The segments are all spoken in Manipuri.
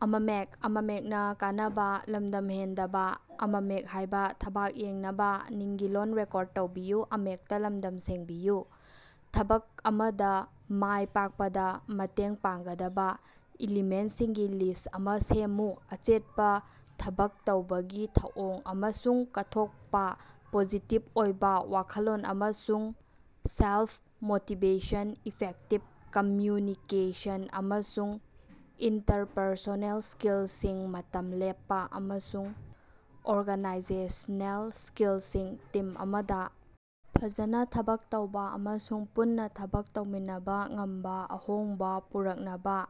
ꯊꯕꯛ ꯑꯃꯗꯥ ꯃꯥꯏ ꯄꯥꯛꯄꯗꯥ ꯃꯇꯦꯡ ꯄꯥꯡꯒꯗꯕꯥ ꯏꯂꯤꯃꯦꯟꯁꯤꯡꯒꯤ ꯂꯤꯁ ꯑꯃꯥ ꯁꯦꯝꯃꯨ꯫ ꯑꯆꯦꯠꯄꯥ ꯊꯕꯛ ꯇꯧꯕꯒꯤ ꯊꯧꯑꯣꯡ ꯑꯃꯁꯨꯡ ꯀꯠꯊꯣꯛꯄꯥ ꯄꯣꯖꯤꯇꯤꯕ ꯑꯣꯏꯕꯥ ꯋꯥꯈꯜꯂꯣꯟ ꯑꯃꯁꯨꯡ ꯁꯦꯜꯐ-ꯃꯣꯇꯤꯕꯦꯁꯟ ꯏꯐꯦꯛꯇꯤꯕ ꯀꯝꯃ꯭ꯌꯨꯅꯤꯀꯦꯁꯟ ꯑꯃꯁꯨꯡ ꯏꯟꯇꯔꯄꯔꯁꯣꯅꯦꯜ ꯁ꯭ꯀꯤꯜꯁꯤꯡ ꯃꯇꯝ ꯂꯦꯞꯄꯥ ꯑꯃꯁꯨꯡ ꯑꯣꯔꯒꯅꯥꯏꯖꯦꯁꯅꯦꯜ ꯁ꯭ꯀꯤꯜꯁꯤꯡ ꯇꯤꯝ ꯑꯃꯗꯥ ꯐꯖꯅꯥ ꯊꯕꯛ ꯇꯧꯕꯥ ꯑꯃꯁꯨꯡ ꯄꯨꯟꯅꯥ ꯊꯕꯛ ꯇꯧꯃꯤꯟꯅꯕꯥ ꯉꯝꯕꯥ ꯑꯍꯣꯡꯕꯥ ꯄꯨꯔꯛꯅꯕꯥ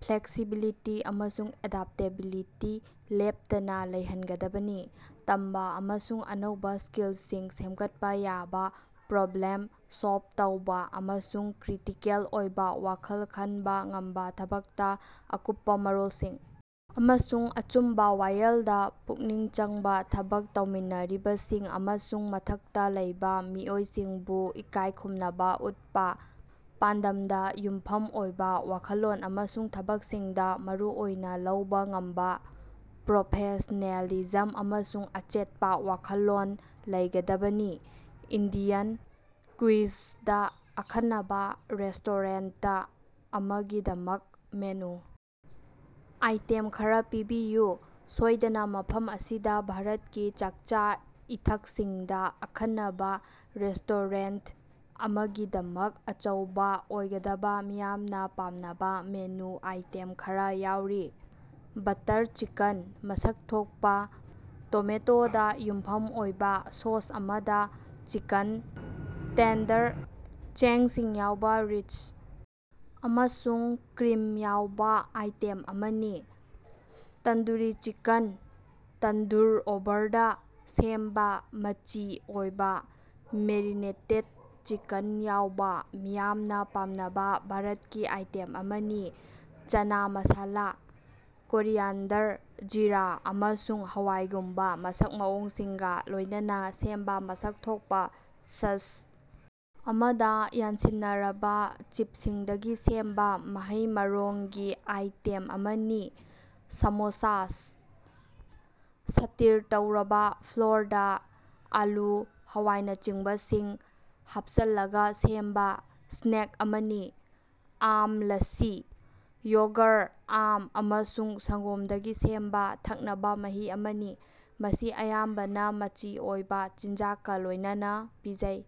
ꯐ꯭ꯂꯦꯛꯁꯤꯕꯤꯂꯤꯇꯤ ꯑꯃꯁꯨꯡ ꯑꯦꯗꯥꯞꯇꯦꯕꯤꯂꯤꯇꯤ ꯂꯦꯞꯇꯅꯥ ꯂꯩꯍꯟꯒꯗꯕꯅꯤ꯫ ꯇꯝꯕꯥ ꯑꯃꯁꯨꯡ ꯑꯅꯧꯕꯥ ꯁ꯭ꯀꯤꯜꯁꯤꯡ ꯁꯦꯝꯒꯠꯄꯥ ꯌꯥꯕꯥ ꯄ꯭ꯔꯣꯕ꯭ꯂꯦꯝ ꯁꯣꯜꯕ ꯇꯧꯕꯥ ꯑꯃꯁꯨꯡ ꯀ꯭ꯔꯤꯇꯤꯀꯦꯜ ꯑꯣꯏꯕꯥ ꯋꯥꯈꯜ ꯈꯟꯕꯥ ꯉꯝꯕꯥ ꯊꯕꯛꯇꯥ ꯑꯀꯨꯞꯄꯥ ꯃꯔꯣꯜꯁꯤꯡ ꯑꯃꯁꯨꯡ ꯑꯆꯨꯝꯕꯥ ꯋꯥꯌꯦꯜꯗꯥ ꯄꯨꯛꯅꯤꯡ ꯆꯪꯕꯥ ꯊꯕꯛ ꯇꯧꯃꯤꯟꯅꯔꯤꯕꯁꯤꯡ ꯑꯃꯁꯨꯡ ꯃꯊꯛꯇꯥ ꯂꯩꯕꯥ ꯃꯤꯑꯣꯏꯁꯤꯡꯕꯨ ꯏꯀꯥꯏꯈꯨꯝꯅꯕꯥ ꯎꯠꯄꯥ ꯄꯥꯟꯗꯝꯗꯥ ꯌꯨꯝꯐꯝ ꯑꯣꯏꯕꯥ ꯋꯥꯈꯜꯂꯣꯟ ꯑꯃꯁꯨꯡ ꯊꯕꯛꯁꯤꯡꯗꯥ ꯃꯔꯨꯑꯣꯏꯅꯥ ꯂꯧꯕꯥ ꯉꯝꯕꯥ ꯄ꯭ꯔꯣꯐꯦꯁꯅꯦꯂꯤꯖꯝ ꯑꯃꯁꯨꯡ ꯑꯆꯦꯠꯄꯥ ꯋꯥꯈꯜꯂꯣꯟ ꯂꯩꯒꯗꯕꯅꯤ꯫ ꯏꯟꯗꯤꯌꯟ ꯀ꯭ꯌꯨꯏꯖꯗꯥ ꯑꯈꯟꯅꯕꯥ ꯔꯦꯁꯇꯣꯔꯦꯟꯇ ꯑꯃꯒꯤꯗꯃꯛ ꯃꯦꯅꯨ ꯑꯥꯏꯇꯦꯝ ꯈꯔꯥ ꯄꯤꯕꯤꯌꯨ꯫ ꯁꯣꯏꯗꯅꯥ, ꯃꯐꯝ ꯑꯁꯤꯗꯥ ꯚꯥꯔꯠꯀꯤ ꯆꯥꯛꯆꯥ-ꯏꯊꯛꯁꯤꯡꯗꯥ ꯑꯈꯟꯅꯕꯥ ꯔꯦꯁꯇꯣꯔꯦꯟꯇ ꯑꯃꯒꯤꯗꯃꯛ ꯑꯆꯧꯕꯥ ꯑꯣꯏꯒꯗꯕꯥ ꯃꯤꯌꯥꯝꯅꯥ ꯄꯥꯝꯅꯕꯥ ꯃꯦꯅꯨ ꯑꯥꯏꯇꯦꯝ ꯈꯔꯥ ꯌꯥꯎꯔꯤ: ꯕꯠꯇꯔ ꯆꯤꯀꯟ: ꯃꯁꯛ ꯊꯣꯛꯄꯥ ꯇꯣꯃꯦꯇꯣꯗꯥ ꯌꯨꯝꯐꯝ ꯑꯣꯏꯕꯥ ꯁꯣꯁ ꯑꯃꯗꯥ ꯆꯤꯀꯟ ꯇꯦꯟꯗꯔ ꯆꯦꯡꯁꯤꯡ ꯌꯥꯎꯕꯥ ꯔꯤꯆ ꯑꯃꯁꯨꯡ ꯀ꯭ꯔꯤꯝ ꯌꯥꯎꯕꯥ ꯑꯥꯏꯇꯦꯝ ꯑꯃꯅꯤ꯫ ꯇꯟꯗꯨꯔꯤ ꯆꯤꯀꯟ: ꯇꯟꯗꯨꯔ ꯑꯣꯚꯔꯗꯥ ꯁꯦꯝꯕꯥ ꯃꯆꯤ ꯑꯣꯏꯕꯥ ꯃꯦꯔꯤꯅꯦꯇꯦꯗ ꯆꯤꯀꯟ ꯌꯥꯎꯕꯥ ꯃꯤꯌꯥꯝꯅꯥ ꯄꯥꯝꯅꯕꯥ ꯚꯥꯔꯠꯀꯤ ꯑꯥꯏꯇꯦꯝ ꯑꯃꯅꯤ꯫ ꯆꯅꯥ ꯃꯁꯥꯂꯥ: ꯀꯣꯔꯤꯌꯥꯟꯗꯔ, ꯖꯤꯔꯥ ꯑꯃꯁꯨꯡ ꯍꯋꯥꯏꯒꯨꯝꯕꯥ ꯃꯁꯛ ꯃꯑꯣꯡꯁꯤꯡꯒꯥ ꯂꯣꯏꯅꯅꯥ ꯁꯦꯝꯕꯥ ꯃꯁꯛ ꯊꯣꯛꯄꯥ ꯁꯁ ꯑꯃꯗꯥ ꯌꯥꯟꯁꯤꯟꯅꯔꯕꯥ ꯆꯤꯞꯁꯤꯡꯗꯒꯤ ꯁꯦꯝꯕꯥ ꯃꯍꯩ-ꯃꯔꯣꯡꯒꯤꯑꯥꯏꯇꯦꯝ ꯑꯃꯅꯤ꯫ ꯁꯥꯃꯣꯁꯥꯁ: ꯁꯇꯤꯔ ꯇꯧꯔꯕꯥ ꯐ꯭ꯂꯣꯔꯗꯥ ꯑꯥꯂꯨ, ꯍꯋꯥꯏꯅꯆꯤꯡꯕ ꯁꯤꯡ ꯍꯥꯞꯆꯜꯂꯒꯥ ꯁꯦꯝꯕ ꯁ꯭ꯅꯦꯛ ꯑꯃꯅꯤ꯫ ꯑꯥꯝ ꯂꯥꯁꯤ: ꯌꯣꯒꯔ, ꯑꯥꯝ ꯑꯃꯁꯨꯡ ꯁꯪꯒꯣꯝꯗꯒꯤ ꯁꯦꯝꯕꯥ ꯊꯛꯅꯕꯥ ꯃꯍꯤ ꯑꯃꯅꯤ, ꯃꯁꯤ ꯑꯌꯥꯝꯕꯅꯥ ꯃꯆꯤ ꯑꯣꯏꯕꯥ ꯆꯤꯟꯖꯥꯛꯀ ꯂꯣꯏꯅꯅꯥ ꯄꯤꯖꯩ꯫